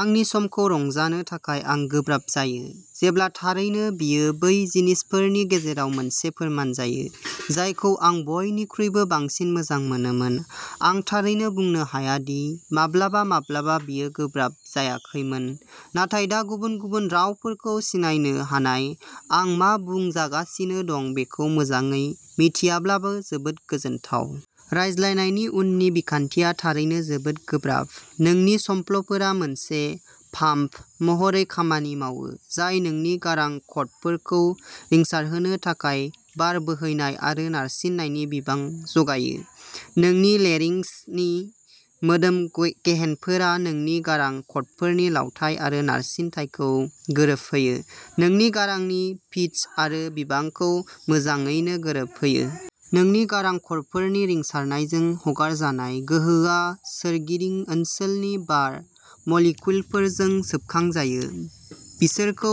आंनि समखौ रंजानो थाखाय आं गोब्राब जायो, जेब्ला थारैनो, बेयो बै जिनिसफोरनि गेजेराव मोनसे फोरमान जायो जायखौ आं बयनिख्रुइबो बांसिन मोजां मोनोमोन। आं थारैनो बुंनो हाया दि माब्लाबा माब्लाबा बेयो गोब्राब जायाखैमोन, नाथाय दा गुबुन गुबुन रावफोरखौ सिनायनो हानाय, आं मा बुंजागासिनो दं बेखौ मोजाङै मिन्थियाब्लाबो, जोबोद गोजोनथाव। रायज्लायनायनि उननि बिखान्थिया थारैनो जोबोद गोब्राब। नोंनि संफ्ल'फोरा मोनसे पाम्प महरै खामानि मावो, जाय नोंनि गारां क'र्डफोरखौ रिंसारहोनो थाखाय बार बोहैनाय आरो नारसिननायनि बिबां जगायो। नोंनि लेरिंक्सनि मोदोम गेहेनफोरा नोंनि गारां क'र्डफोरनि लावथाइ आरो नारसिनथायखौ गोरोबहोयो, नोंनि गारांनि पिच आरो बिबांखौ मोजाङैनो गोरोबहोयो। नोंनि गारां क'र्डफोरनि रिंसारनायजों हगारजानाय गोहोआ सोरगिदिं ओनसोलनि बार मलिक्युलफोरजों सोबखांजायो, बिसोरखौ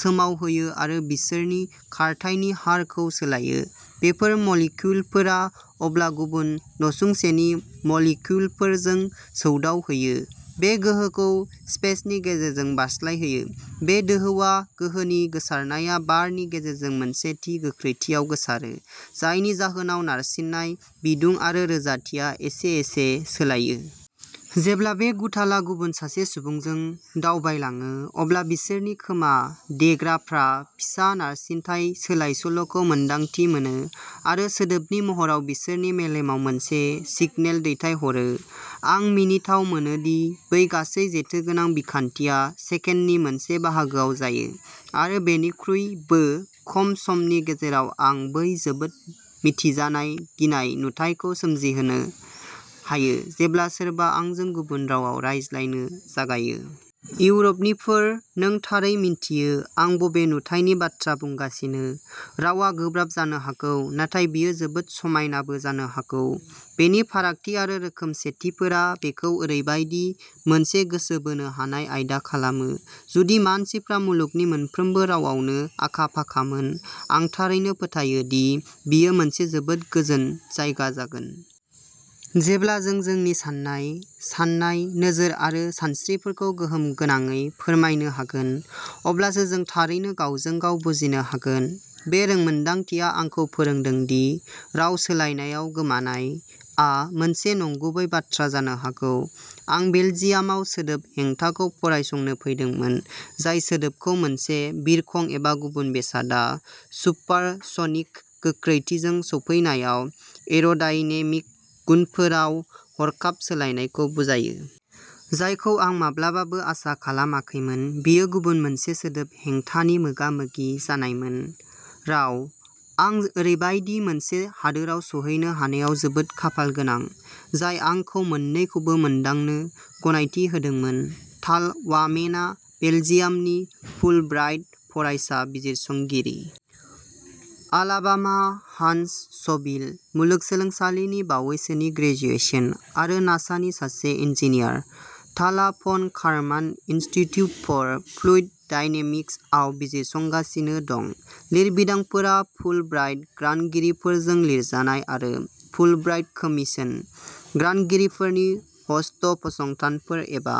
सोमावहोयो आरो बिसोरनि खारथायनि हारखौ सोलायो। बेफोर मलिक्युलफोरा अब्ला गुबुन नसुंसेनि मलिक्युलफोरजों सौदावहैयो, बे गोहोखौ स्पेसनि गेजेरजों बारस्लायहोयो। बे दोहौआ। गोहोनि गोसारनाया बारनि गेजेरजों मोनसे थि गोख्रैथियाव गोसारो, जायनि जाहोनाव नारसिननाय, बिदुं आरो रोजाथिया एसे एसे सोलायो। जेब्ला बे गुथालआ गुबुन सासे सुबुंजों दावबायलाङो, अब्ला बिसोरनि खोमा-देग्राफ्रा फिसा नारसिनथाय सोलाय-सोल'खौ मोन्दांथि मोनो आरो सोदोबनि महराव बिसोरनि मेलेमाव मोनसे सिगनेल दैथायहरो। आं मिनिथाव मोनो दि बे गासै जेथोगोनां बिखान्थिया सेकेन्दनि मोनसे बाहागोआव जायो, आरो बेनिख्रुइबो खम समनि गेजेराव आं बै जोबोद मिथिजानाय गिनाय नुथायखौ सोमजिहोनो हायो जेब्ला सोरबा आंजों गुबुन रावाव रायज्लायनो जागायो। इउर'पनिफोर, नों थारै मिन्थियो आं बबे नुथायनि बाथ्रा बुंगासिनो! रावआ गोब्राब जानो हागौ, नाथाय बेयो जोबोद समायनाबो जानो हागौ। बेनि फारागथि आरो रोखोमसेथिफोरा बेखौ ओरैबायदि मोनसे गोसो बोनो हानाय आयदा खालामो। जुदि मानसिफ्रा मुलुगनि मोनफ्रोमबो रावावनो आखा-फाखामोन, आं थारैनो फोथायो दि बेयो मोनसे जोबोद गोजोन जायगा जागोन। जेब्ला जों जोंनि साननाय, साननाय, नोजोर आरो सानस्रिफोरखौ गोहोम गोनाङै फोरमायनो हागोन अब्लासो जों थारैनो गावजों-गाव बुजिनो हागोन। बे रोंमोन्दांथिया आंखौ फोरोंदों दि "राव सोलायनायाव गोमानाय" आ मोनसे नंगुबै बाथ्रा जानो हागौ। आं बेलजियामाव सोदोब हेंथाखौ फरायसंनो फैदोंमोन, जाय सोदोबखौ मोनसे बिरखं एबा गुबुन बेसादआ सुपारस'निक गोख्रैथिजों सौफैनायाव एर'डायनेमिक गुनफोराव हरखाब सोलायनायखौ बुजायो। जायखौ आं माब्लाबाबो आसा खालामाखैमोन बेयो गुबुन मोनसे सोदोब हेंथानि मोगा-मोगि जानायमोनः राव। आं ओरैबायदि मोनसे हादोराव सौहैनो हानायाव जोबोद खाफालगोनां, जाय आंखौ मोन्नैखौबो मोनदांनो गनायथि होदोंमोन। टाल वामेना बेलजियामनि फुलब्राइट फरायसा बिजिरसंगिरि। आलाबामा-हान्टसभिल मुलुगसोलोंसालिनि बावैसोनि ग्रेजुएसन आरो नासानि सासे इन्जिनियार, टालआ von Karman Institute for Fluid डायनेमिक्सआव बिजिरसंगासिनो दं। लिरबिदांफोरा फुलब्राइट ग्रान्टगिरिफोरजों लिरजानाय आरो फुलब्राइट कमिसन, ग्रान्टगिरिफोरनि ह'स्ट फसंथानफोर, एबा